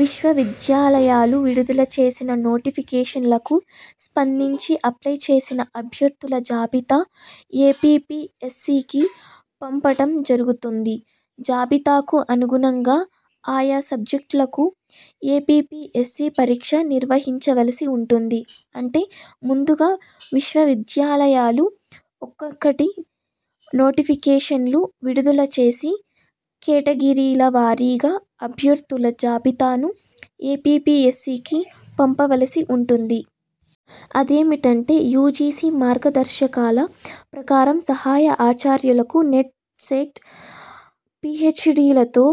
విశ్వవిద్యాలయాలు విడుదల చేసిన నోటిఫికేషన్లకు స్పందించి అప్లై చేసిన అభ్యర్థుల జాబితా ఏపీపీఎస్సీకి పంపటం జరుగుతుంది. జాబితాకు అనుగుణంగా ఆయా సబ్జెక్టులకు ఏపీపీఎస్సీ పరీక్ష నిర్వహించవలసి ఉంటుంది. అంటే ముందుగా విశ్వవిద్యాలయాలు ఒక్కొక్కటి నోటిఫికేషన్లు విడుదల చేసి, కేటగిరీల వారీగా అభ్యర్థుల జాబితాను ఏపీపీఎస్సీకి పంపవలసి ఉంటుంది. అదేమిటంటే యూజీసీ మార్గదర్శకాల ప్రకారం సహాయ ఆచార్యులకు నెట్/ సెట్/ పీహెచ్డీలలో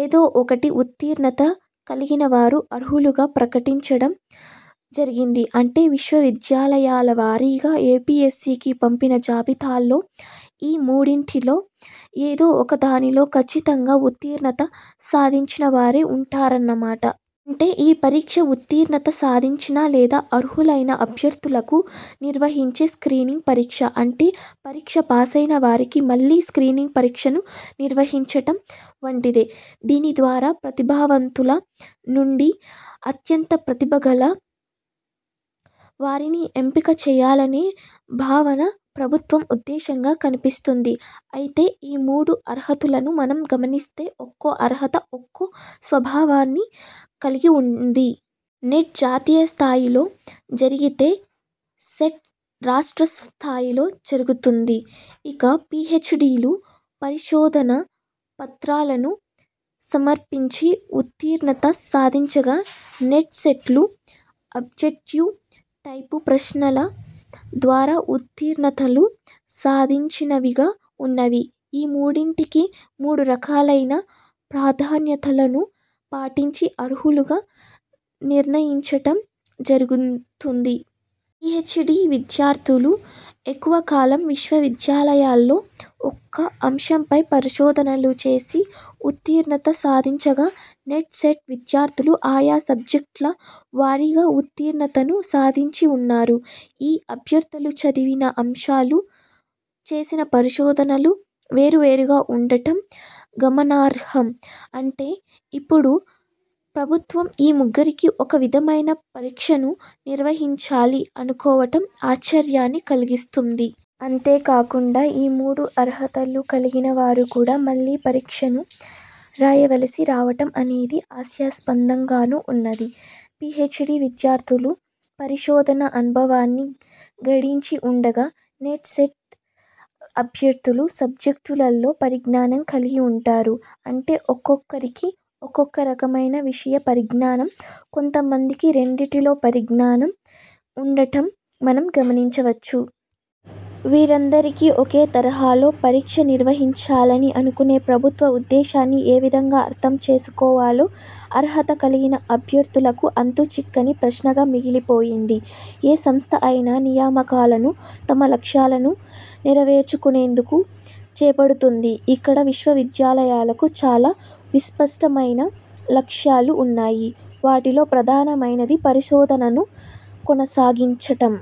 ఏదో ఒకటి ఉత్తీర్ణత కలిగిన వారు అర్హులుగా ప్రకటించటం జరిగింది. అంటే విశ్వవిద్యాలయాల వారీగా ఏపీఎస్సీకి పంపిన జాబితాలో ఈ మూడింటిలో ఏదో ఒక దానిలో ఖచ్ఛితంగా ఉత్తీర్ణత సాధించినవారే ఉంటారన్న మాట. అంటే ఈ పరీక్ష ఉత్తీర్ణత సాధించిన లేదా అర్హులైన అభ్యర్థులకు నిర్హహించే స్క్రీనింగ్ పరీక్ష. అంటే పరీక్ష పాసైన వారికి మళ్ళీ స్క్రీనింగ్ పరీక్షను నిర్వహించటం వంటిదే. దీనిద్వారా ప్రతిభావంతుల నుండి అత్యంత ప్రతిభగల వారిని ఎంపిక చేయాలనే భావన ప్రభుత్వం ఉద్దేశంగా కనిపిస్తుంది. అయితే ఈ మూడు అర్హతలను మనం గమనిస్తే ఒక్కో అర్హత ఒక్కో స్వభావాన్ని కలిగి ఉంది. నెట్ జాతీయ స్థాయిలో జరిగితే, సెట్ రాష్ట్ర స్థాయిలో జరుగుతుంది. ఇక పీహెచ్డీలు పరిశోధన పత్రాలను సమర్పించి ఉత్తీర్ణత సాధించగా, నెట్, సెట్లు అబ్జెటివ్ టైపు ప్రశ్నల ద్వారా ఉత్తీర్ణతలు సాధించినవిగా ఉన్నవి. ఈ మూడింటికి మూడు రకాలైన ప్రాధాన్యతలను పాటించి అర్హులుగా నిర్ణయించటం జరుగుతుంది. పీహెచ్డీ విద్యార్థులు ఎక్కువ కాలం విశ్వవిద్యాలయాలలో ఒక అంశంపై పరిశోధనలు చేసి ఉత్తీర్ణత సాధించగా నెట్, సెట్ విద్యార్థులు ఆయా సబ్జెక్ట్ల వారీగా ఉత్తీర్ణతను సాధించి వున్నారు. ఈ అభ్యర్థులు చదివిన అంశాలు, చేసిన పరిశోధనలు వేరు వేరుగా ఉండటం గమనార్హం. అంటే ఇప్పుడు ప్రభుత్వం ఈ ముగ్గురికి ఒక విధమైన పరీక్షను నిర్వహించాలి అనుకోవటం ఆశ్చర్యాన్ని కల్గిస్తుంది. అంతేకాకుండా ఈ మూడు అర్హతలు కలిగిన వారు కూడా మళ్ళీ పరీక్షను రాయవలసి రావటం అనేది హాస్యాస్పదంగాను ఉన్నది. పీహెచ్డీ విద్యార్థులు పరిశోధన అనుభవాన్ని గడించి ఉండగా, నెట్, సెట్ అభ్యర్థులు సబ్జెక్టులలో పరిజ్ఞానం కలిగి ఉంటారు. అంటే ఒక్కొక్కరికి ఒక్కోరకమైన విషయ పరిజ్ఞానం, కొంత మందికి రెండింటిలో పరిజ్ఞానం ఉండటం మనం గమనించవచ్చు. వీరందరికి ఒకే తరహాలో పరీక్ష నిర్వహించాలి అనుకునే ప్రభుత్వ ఉద్దేశాన్ని ఏవిధంగా అర్థం చేసుకోవాలో అర్హత కలిగిన అభ్యర్థులకు అంతుచిక్కని ప్రశ్నగా మిగిలిపోయింది. ఏ సంస్థ అయినా నియామకాలను తన లక్ష్యాలను నెరవేర్చుకొనేందుకు చేపడుతుంది. ఇక్కడ విశ్వవిద్యాలయాలకు చాలా విస్పష్టమైన లక్ష్యాలు ఉన్నాయి. వాటిలో ప్రధానమైనది పరిశోధనను కొనసాగించటం.